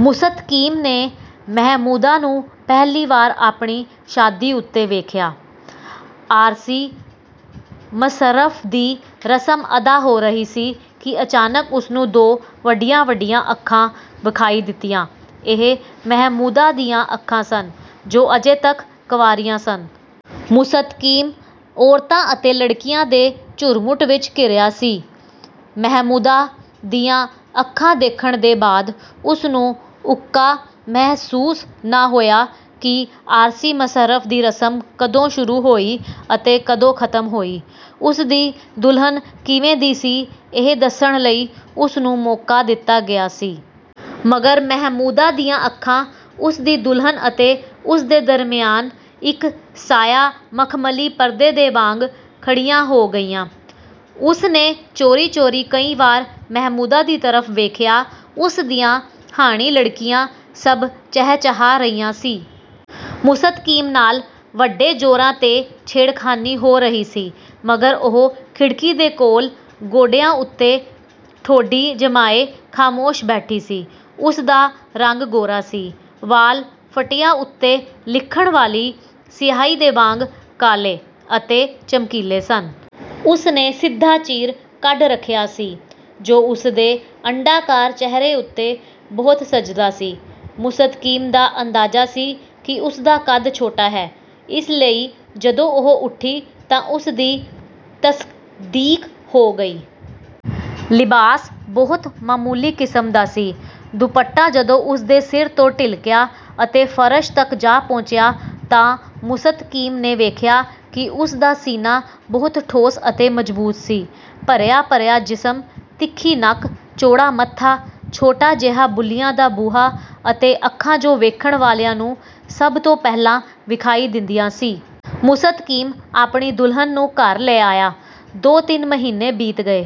ਮੁਸਤਕੀਮ ਨੇ ਮਹਿਮੂਦਾ ਨੂੰ ਪਹਿਲੀ ਵਾਰ ਆਪਣੀ ਸ਼ਾਦੀ ਉੱਤੇ ਵੇਖਿਆ। ਆਰਸੀ ਮਸਹਫ਼ ਦੀ ਰਸਮ ਅਦਾ ਹੋ ਰਹੀ ਸੀ ਕਿ ਅਚਾਨਕ ਉਸ ਨੂੰ ਦੋ ਵੱਡੀਆਂ-ਵੱਡੀਆਂ ਅੱਖਾਂ ਵਿਖਾਈ ਦਿੱਤੀਆਂ। ਇਹ ਮਹਿਮੂਦਾ ਦੀਆਂ ਅੱਖਾਂ ਸਨ ਜੋ ਅਜੇ ਤੱਕ ਕੰਵਾਰੀਆਂ ਸਨ। ਮੁਸਤਕੀਮ, ਔਰਤਾਂ ਅਤੇ ਲੜਕੀਆਂ ਦੇ ਝੁਰਮੁਟ ਵਿੱਚ ਘਿਰਿਆ ਸੀ। ਮਹਿਮੂਦਾ ਦੀਆਂ ਅੱਖਾਂ ਦੇਖਣ ਦੇ ਬਾਅਦ ਉਸਨੂੰ ਉੱਕਾ ਮਹਿਸੂਸ ਨਾ ਹੋਇਆ ਕਿ ਆਰਸੀ ਮਸਹਫ਼ ਦੀ ਰਸਮ ਕਦੋਂ ਸ਼ੁਰੂ ਹੋਈ ਅਤੇ ਕਦੋਂ ਖ਼ਤਮ ਹੋਈ। ਉਸ ਦੀ ਦੁਲਹਨ ਕਿਵੇਂ ਦੀ ਸੀ, ਇਹ ਦੱਸਣ ਲਈ ਉਸ ਨੂੰ ਮੌਕਾ ਦਿੱਤਾ ਗਿਆ ਸੀ। ਮਗਰ ਮਹਿਮੂਦਾ ਦੀਆਂ ਅੱਖਾਂ ਉਸ ਦੀ ਦੁਲਹਨ ਅਤੇ ਉਸ ਦੇ ਦਰਮਿਆਨ ਇੱਕ ਸਾਇਆ ਮਖ਼ਮਲੀ ਪਰਦੇ ਦੇ ਵਾਂਗ ਖੜੀਆਂ ਹੋ ਗਈਆਂ। ਉਸ ਨੇ ਚੋਰੀ-ਚੋਰੀ ਕਈ ਵਾਰ ਮਹਿਮੂਦਾ ਦੀ ਤਰਫ਼ ਵੇਖਿਆ। ਉਸ ਦੀਆਂ ਹਾਣੀ ਲੜਕੀਆਂ ਸਭ ਚਹਿ-ਚਹਾ ਰਹੀਆਂ ਸੀ। ਮੁਸਤਕੀਮ ਨਾਲ ਵੱਡੇ ਜੋਰਾਂ ਤੇ ਛੇੜਖ਼ਾਨੀ ਹੋ ਰਹੀ ਸੀ। ਮਗਰ ਉਹ ਖਿੜਕੀ ਦੇ ਕੋਲ ਗੋਡਿਆਂ ਉੱਤੇ ਠੋਡੀ ਜਮਾਏ, ਖ਼ਾਮੋਸ਼ ਬੈਠੀ ਸੀ। ਉਸ ਦਾ ਰੰਗ ਗੋਰਾ ਸੀ। ਵਾਲ਼ ਫੱਟੀਆਂ ਉੱਤੇ ਲਿਖਣ ਵਾਲੀ ਸਿਆਹੀ ਦੇ ਵਾਂਗ ਕਾਲੇ ਅਤੇ ਚਮਕੀਲੇ ਸਨ। ਉਸ ਨੇ ਸਿੱਧਾ ਚੀਰ ਕੱਢ ਰੱਖਿਆ ਸੀ ਜੋ ਉਸ ਦੇ ਅੰਡਾਕਾਰ ਚਿਹਰੇ ਉੱਤੇ ਬਹੁਤ ਸਜਦਾ ਸੀ। ਮੁਸਤਕੀਮ ਦਾ ਅੰਦਾਜ਼ਾ ਸੀ ਕਿ ਉਸ ਦਾ ਕਦ ਛੋਟਾ ਹੈ ਇਸ ਲਈ ਜਦੋਂ ਉਹ ਉੱਠੀ ਤਾਂ ਉਸ ਦੀ ਤਸਦੀਕ ਹੋ ਗਈ। ਲਿਬਾਸ ਬਹੁਤ ਮਾਮੂਲੀ ਕਿਸਮ ਦਾ ਸੀ। ਦੁਪੱਟਾ ਜਦੋਂ ਉਸ ਦੇ ਸਿਰ ਤੋਂ ਢਿਲਕਿਆ ਅਤੇ ਫ਼ਰਸ਼ ਤੱਕ ਜਾ ਪਹੁੰਚਿਆ ਤਾਂ ਮੁਸਤਕੀਮ ਨੇ ਵੇਖਿਆ ਕਿ ਉਸ ਦਾ ਸੀਨਾ ਬਹੁਤ ਠੋਸ ਅਤੇ ਮਜ਼ਬੂਤ ਸੀ। ਭਰਿਆ-ਭਰਿਆ ਜਿਸਮ, ਤਿੱਖੀ ਨੱਕ, ਚੌੜਾ ਮੱਥਾ, ਛੋਟਾ ਜਿਹਾ ਬੁੱਲ੍ਹੀਆਂ ਦਾ ਬੂਹਾ ਅਤੇ ਅੱਖਾਂ ਜੋ ਵੇਖਣ ਵਾਲਿਆਂ ਨੂੰ ਸਭ ਤੋਂ ਪਹਿਲਾਂ ਵਿਖਾਈ ਦਿੰਦੀਆਂ ਸੀ। ਮੁਸਤਕੀਮ ਆਪਣੀ ਦੁਲਹਨ ਨੂੰ ਘਰ ਲੈ ਆਇਆ। ਦੋ ਤਿੰਨ ਮਹੀਨੇ ਬੀਤ ਗਏ।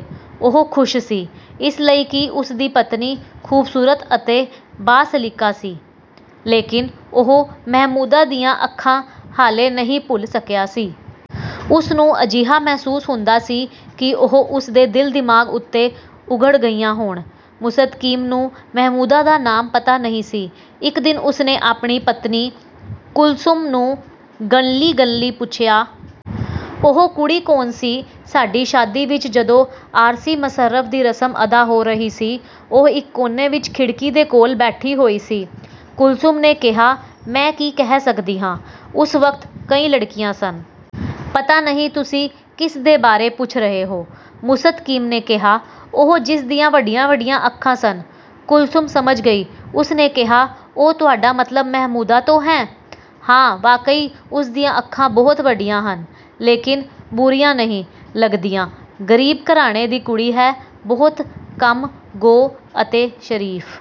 ਉਹ ਖ਼ੁਸ਼ ਸੀ, ਇਸ ਲਈ ਕਿ ਉਸ ਦੀ ਪਤਨੀ ਖ਼ੂਬਸੂਰਤ ਅਤੇ ਬਾ-ਸਲੀਕਾ ਸੀ। ਲੇਕਿਨ ਉਹ ਮਹਿਮੂਦਾ ਦੀਆਂ ਅੱਖਾਂ ਹਾਲੇ ਨਹੀਂ ਭੁੱਲ ਸਕਿਆ ਸੀ। ਉਸ ਨੂੰ ਅਜਿਹਾ ਮਹਿਸੂਸ ਹੁੰਦਾ ਸੀ ਕਿ ਉਹ ਉਸ ਦੇ ਦਿਲ-ਦਿਮਾਗ਼ ਉੱਤੇ ਉਘੜ ਗਈਆਂ ਹੋਣ। ਮੁਸਤਕੀਮ ਨੂੰ ਮਹਿਮੂਦਾ ਦਾ ਨਾਮ ਪਤਾ ਨਹੀਂ ਸੀ। ਇੱਕ ਦਿਨ ਉਸ ਨੇ ਆਪਣੀ ਪਤਨੀ, ਕੁਲਸੁਮ ਨੂੰ ਗੱਲੀਂ-ਗੱਲੀਂ ਪੁੱਛਿਆ। " ਉਹ ਕੁੜੀ ਕੌਣ ਸੀ ਸਾਡੀ ਸ਼ਾਦੀ ਵਿੱਚ ਜਦੋਂ ਆਰਸੀ ਮਸਹਫ਼ ਦੀ ਰਸਮ ਅਦਾ ਹੋ ਰਹੀ ਸੀ, ਉਹ ਇੱਕ ਕੋਨੇ ਵਿੱਚ ਖਿੜਕੀ ਦੇ ਕੋਲ ਬੈਠੀ ਹੋਈ ਸੀ। "ਕੁਲਸੁਮ ਨੇ ਕਿਹਾ ਮੈਂ ਕੀ ਕਹਿ ਸਕਦੀ ਹਾਂ ਉਸ ਵਕਤ ਕਈ ਲੜਕੀਆਂ ਸਨ। ਪਤਾ ਨਹੀਂ ਤੁਸੀਂ ਕਿਸ ਦੇ ਬਾਰੇ ਪੁੱਛ ਰਹੇ ਹੋ। " ਮੁਸਤਕੀਮ ਨੇ ਕਿਹਾ," ਉਹ ਜਿਸ ਦੀਆਂ ਵੱਡੀਆਂ-ਵੱਡੀਆਂ ਅੱਖਾਂ ਸਨ। "ਕੁਲਸੁਮ ਸਮਝ ਗਈ ਉਸਨੇ ਕਿਹਾ, "ਓਹ ਤੁਹਾਡਾ ਮਤਲਬ ਮਹਿਮੂਦਾ ਤੋਂ ਹੈ, ਹਾਂ ਵਾਕਈ ਉਸ ਦੀਆਂ ਅੱਖਾਂ ਬਹੁਤ ਵੱਡੀਆਂ ਹਨ, ਲੇਕਿਨ ਬੁਰੀਆਂ ਨਹੀਂ ਲੱਗਦੀਆਂ ਗ਼ਰੀਬ ਘਰਾਣੇ ਦੀ ਕੁੜੀ ਹੈ। ਬਹੁਤ ਕਮ ਗੋ ਅਤੇ ਸ਼ਰੀਫ